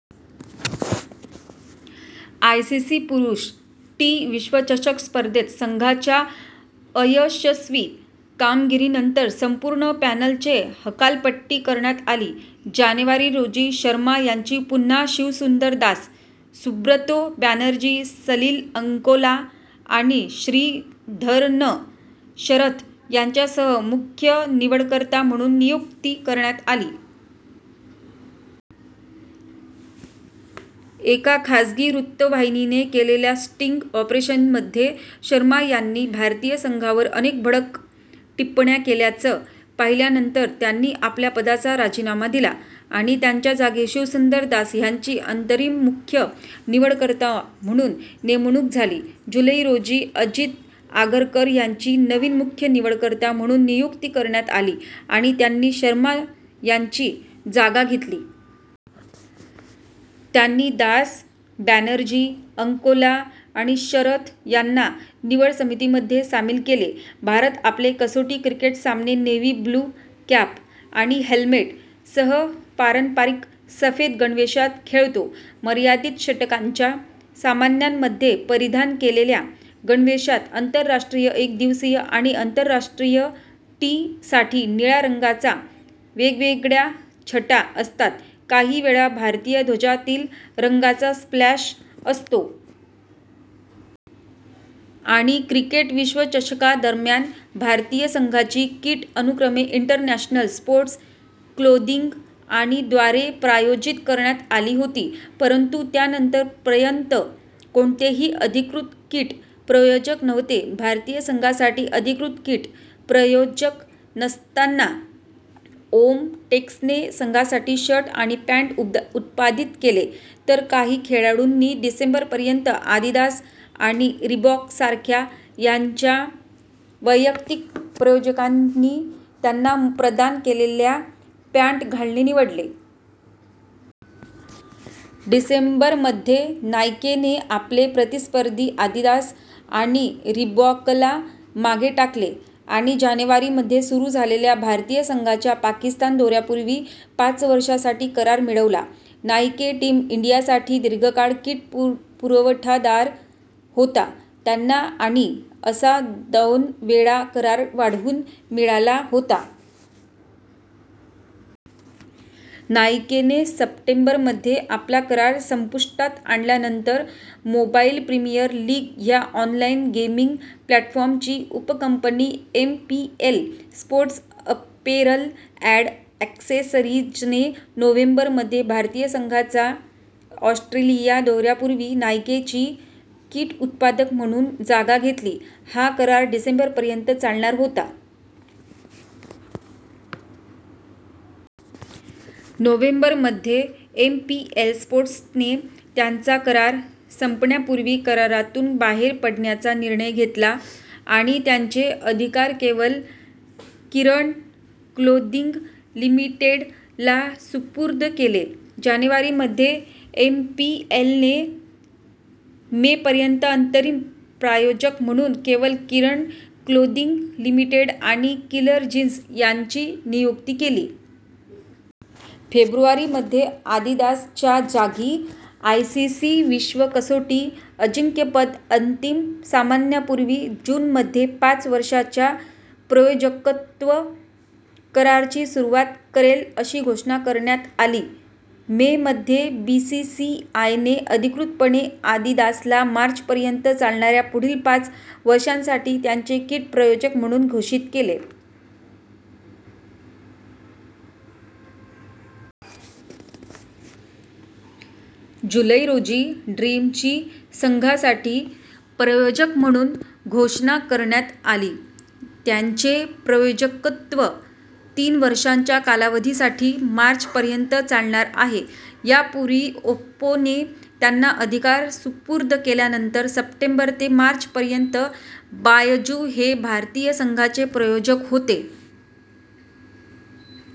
ICC पुरुष T विश्वचषक स्पर्धेत संघाच्या अयशस्वी कामगिरीनंतर संपूर्ण पॅनेलची हकालपट्टी करण्यात आली. जानेवारी रोजी, शर्मा यांची पुन्हा शिवसुंदर दास, सुब्रतो बॅनर्जी, सलील अंकोला आणि श्रीधरन शरथ यांच्यासह मुख्य निवडकर्ता म्हणून नियुक्ती करण्यात आली. एका खाजगी वृत्तवाहिनीने केलेल्या स्टिंग ऑपरेशनमध्ये शर्मा यांनी भारतीय संघावर अनेक भडक टिप्पण्या केल्याचं पाहिल्यानंतर त्यांनी आपल्या पदाचा राजीनामा दिला आणि त्यांच्या जागी शिवसुंदर दास ह्यांची अंतरिम मुख्य निवडकर्ता म्हणून नेमणूक झाली. जुलै रोजी, अजित आगरकर यांची नवीन मुख्य निवडकर्ता म्हणून नियुक्ती करण्यात आली आणि त्यांनी शर्मा यांची जागा घेतली. त्यांनी दास, बॅनर्जी, अंकोला आणि शरथ यांना निवड समितीमध्ये सामील केले. भारत आपले कसोटी क्रिकेट सामने नेव्ही ब्लू कॅप आणि हेल्मेट सह पारंपारिक सफेद गणवेशात खेळतो. मर्यादित षटकांच्या सामन्यांमध्ये परिधान केलेल्या गणवेशात आंतरराष्ट्रीय एकदिवसीय आणि आंतरराष्ट्रीय टी साठी निळ्या रंगाच्या वेगवेगळ्या छटा असतात, काहीवेळा भारतीय ध्वजातील रंगांचा स्प्लॅश असतो.। आणि क्रिकेट विश्वचषकादरम्यान, भारतीय संघाची किट अनुक्रमे इंटरनॅशनल स्पोर्ट्स क्लोदिंग आणि द्वारे प्रायोजित करण्यात आली होती, परंतु त्यानंतर पर्यंत कोणतेही अधिकृत किट प्रायोजक नव्हते. भारतीय संघासाठी अधिकृत किट प्रायोजक नसताना, ओमटेक्सने संघासाठी शर्ट आणि पँट उत्पादित केले, तर काही खेळाडूंनी डिसेंबर पर्यंत आदिदास आणि रिबॉक सारख्या त्यांच्या वैयक्तिक प्रायोजकांनी त्यांना प्रदान केलेल्या पँट घालणे निवडले. डिसेंबर मध्ये, नाइकेने आपले प्रतिस्पर्धी आदिदास आणि रिबॉकला मागे टाकले आणि जानेवारी मध्ये सुरू झालेल्या भारतीय संघाच्या पाकिस्तान दौऱ्यापूर्वी पाच वर्षांसाठी करार मिळवला. नाइके टीम इंडियासाठी दीर्घकाळ किट पुरवठादार होता. त्यांना आणि असा दोनवेळा करार वाढवून मिळाला होता. नाइकेने सप्टेंबर मध्ये आपला करार संपुष्टात आणल्यानंतर, मोबाइल प्रीमियर लीग ह्या ऑनलाइन गेमिंग प्लॅटफॉर्मची उपकंपनी एमपीएल स्पोर्ट्स अपेरल अँड ॲक्सेसरीजने नोव्हेंबर मध्ये भारतीय संघाच्या ऑस्ट्रेलिया दौऱ्यापूर्वी नाइकेची किट उत्पादक म्हणून जागा घेतली. हा करार डिसेंबर पर्यंत चालणार होता. नोव्हेंबर मध्ये, एमपीएल स्पोर्ट्सने त्यांचा करार संपण्यापूर्वी करारातून बाहेर पडण्याचा निर्णय घेतला आणि त्यांचे अधिकार केवल किरण क्लोदिंग लिमिटेड ला सुपूर्द केले. जानेवारी मध्ये, एमपीएलने मे पर्यंत अंतरिम प्रायोजक म्हणून केवल किरण क्लोदिंग लिमिटेड आणि किलर जीन्स यांची नियुक्ती केली. फेब्रुवारी मध्ये, आदिदास च्या जागी आयसीसी विश्व कसोटी अजिंक्यपद अंतिम सामन्यापूर्वी जून मध्ये पाच वर्षांच्या प्रायोजकत्व कराराची सुरुवात करेल अशी घोषणा करण्यात आली. मे मध्ये, बीसीसीआय ने अधिकृतपणे आदिदासला मार्च पर्यंत चालणाऱ्या पुढील पाच वर्षांसाठी त्यांचे किट प्रायोजक म्हणून घोषित केले. जुलै रोजी ड्रीम ची संघासाठी प्रायोजक म्हणून घोषणा करण्यात आली. त्यांचे प्रायोजकत्व तीन वर्षांच्या कालावधीसाठी मार्च पर्यंत चालणार आहे. यापूर्वी, ओप्पोने त्यांना अधिकार सुपूर्द केल्यानंतर सप्टेंबर ते मार्च पर्यंत बायजू हे भारतीय संघाचे प्रायोजक होते.